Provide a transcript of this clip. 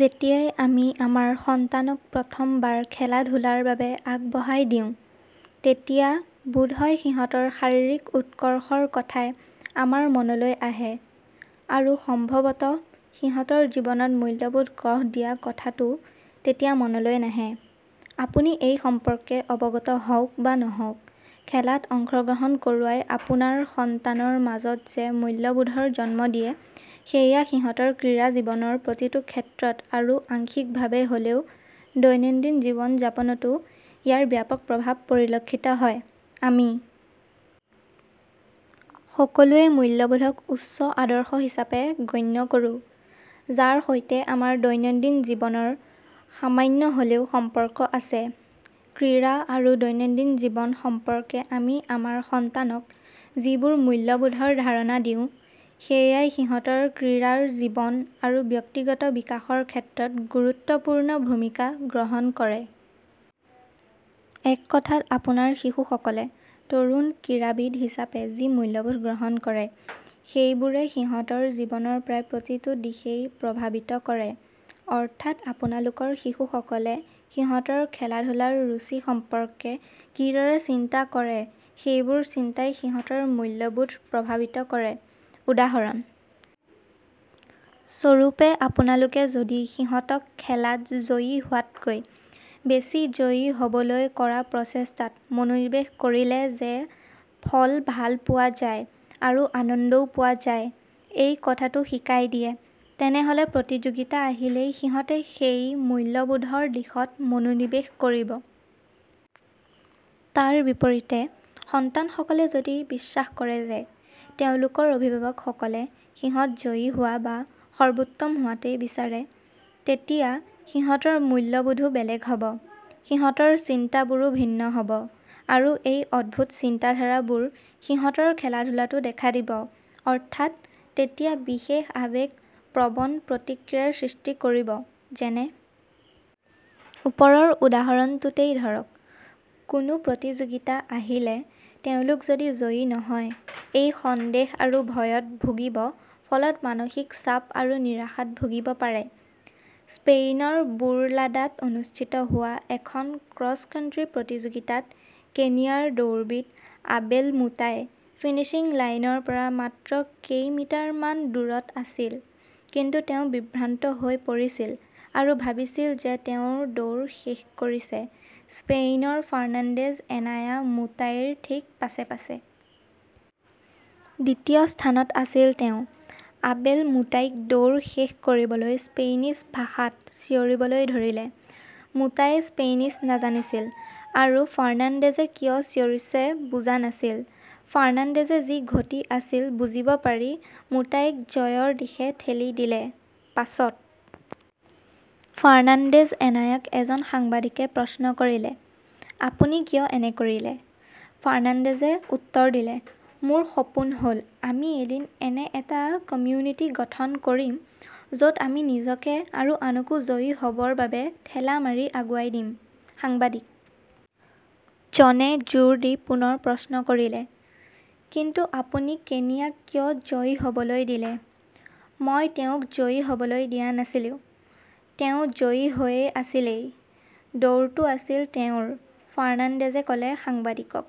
যেতিয়া আমি আমাৰ সন্তানক প্ৰথম বাৰ খেলা ধূলাৰ বাবে আগবঢ়াই দিওঁ, তেতিয়া বোধহয় সিহঁতৰ শাৰীৰিক উৎকৰ্ষৰ কথাই আমাৰ মনলৈ আহে আৰু সম্ভবতঃ সিহঁতৰ জীৱনত মূল্যবোধ গঢ় দিয়া কথাটো তেতিয়া মনলৈ নাহে। আপুনি এই সম্পৰ্কে অৱগত হওক বা নহওক খেলাত অংশগ্ৰহণ কৰোৱাই আপোনাৰ সন্তানৰ মাজত যে মূল্যবোধৰ জন্ম দিয়ে, সেয়া সিহঁতৰ ক্ৰীড়া জীৱনৰ প্ৰতিটো ক্ষেত্ৰত আৰু আংশিক ভাবে হ'লেও দৈনন্দিন জীৱন যাপনতো ইয়াৰ ব্যাপক প্ৰভাৱ পৰিলক্ষিত হয়। আমি সকলোৱেই মূল্যবোধক উচ্চ আদৰ্শ হিচাপে গণ্য কৰোঁ। যাৰ সৈতে আমাৰ দৈনন্দিন জীৱনৰ সামান্য হলেও সম্পৰ্ক আছে। ক্ৰীড়া আৰু দৈনন্দিন জীৱন সম্পৰ্কে আমি আমাৰ সন্তানক যিবোৰ মূল্যবোধৰ ধাৰণা দিওঁ, সেয়াই সিহঁতৰ ক্ৰীড়াৰ জীৱন আৰু ব্যক্তিগত বিকাশৰ ক্ষেত্ৰত গুৰুত্বপূৰ্ণ ভুমিকা গ্ৰহণ কৰে। এক কথাত আপোনাৰ শিশু সকলে তৰুণ ক্ৰীড়া বিদ হিচাপে যি মূল্যবোধ গ্ৰহণ কৰে, সেইবোৰে সিহঁতৰ জীৱনৰ প্ৰায় প্ৰতিটো দিশেই প্ৰভাবিত কৰে। অৰ্থাৎ আপোনালোকৰ শিশু সকলে সিহঁতৰ খেলাধূলাৰ ৰুচি সম্পৰ্কে কিদৰে চিন্তা কৰে সেইবোৰ চিন্তাই সিহঁতৰ মূল্যবোধ প্ৰভাবিত কৰে। উদাহৰণ স্বৰূপে আপোনালোকে যদি সিহঁতক খেলত জয়ী হোৱাতকৈ বেছি জয়ী হ'বলৈ কৰা প্ৰচেষ্টাত মনোনিবেশ কৰিলে যে ফল ভাল পোৱা যায় আৰু আনন্দও পোৱা যায়, এই কথাটো শিকাই দিয়ে, তেনেহলে প্ৰতিযোগিতা আহিলেই সিহঁতে সেই মূল্যবোধৰ দিশত মনোনিবেশ কৰিব। তাৰ বিপৰীতে সন্তান সকলে যদি বিশ্বাস কৰে যে তেওঁলোকৰ অভিভাৱক সকলে সিহঁত জয়ী হোৱা বা সৰ্ব্বোত্তম হোৱাটোৱেই বিচাৰে, তেতিয়া সিহঁতৰ মূল্যবোধও বেলেগে হ'ব। সিহঁতৰ চিন্তা বোৰো ভিন্ন হব। আৰু এই অদ্ভুত চিন্তা ধাৰা বোৰ সিহঁতৰ খেলাধূলাটো দেখা দিব অৰ্থাৎ তেতিয়া বিশেষ আবেগ প্ৰবন প্ৰতিক্ৰিয়াৰ সৃষ্টি কৰিব। যেনে ওপৰৰ উদাহৰণটোতেই ধৰক, কোনো প্ৰতিযোগিতা আহিলে তেওঁলোক যদি জয়ী নহয় এই সন্দেহ আৰু ভয়ত ভুগিব ফলত মানসিক চাপ আৰু নিৰাশাত ভুগিব পাৰে। স্পেইনৰ বুৰলাডাত অনুষ্ঠিত হোৱা এখন ক্ৰচ কান্ত্ৰি প্ৰতিযোগিতাত কেনিয়াৰ দৌৰবিদ আবেল মুতাই ফিনিশ্বিং লাইনৰ পৰা মাত্ৰ কেইমিটাৰ মান দূৰত আছিল, কিন্তু তেওঁ বিভ্ৰান্ত হৈ পৰিছিল আৰু ভাবিছিল যে তেওঁ দৌৰ শেষ কৰিছে স্পেইনৰ ফাৰ্নাণ্ডেজ এনায়া মুতাইৰ থিক পাছে পাছে। দ্বিতীয় স্হানত আছিল তেওঁ। আবেল মুতাইক দৌৰ শেষ কৰিবলৈ স্পেনিছ ভাষাত চিঞৰিব ধৰিলে। মুতাইয়ে স্পেনিছ নাজানিছিল আৰু ফাৰ্নাণ্ডেজে কিয় চিঞৰিছে বুজা নাছিল। ফাৰ্নান্দেজে‌ যি ঘটি আছিল বুজিব পাৰি মুতাইক জয়ৰ দিশে ঠেলি দিলে। পাছত ফাৰ্নান্দেজ এনায়াক এজন সাংবাদিকে প্ৰশ্ন কৰিলে, আপুনি কিয় এনে কৰিলে। ফাৰ্নাণ্ডেজে উত্তৰ দিলে মোৰ সপোন হ'ল আমি এদিন এনে এটা কমিউনিটি গঠন কৰিম য'ত আমি নিজকে আৰু আনকো জয়ী হ'বৰ বাবে ঠেলা মাৰি আগুৱাই দিম। সাংবাদিক জনে জোৰ দি পুনৰ প্ৰশ্ন কৰিলে, কিন্তু আপুনি কেনিয়াক কিয় জয়ী হ'বলৈ দিলে? মই তেওঁক জয়ী হবলৈ দিয়া নাছিলো, তেওঁ জয়ী হৈ আছিলেই। দৌৰটো আছিল তেওঁৰ, ফাৰ্নাণ্ডেজে ক'লে সাংবাদিকক।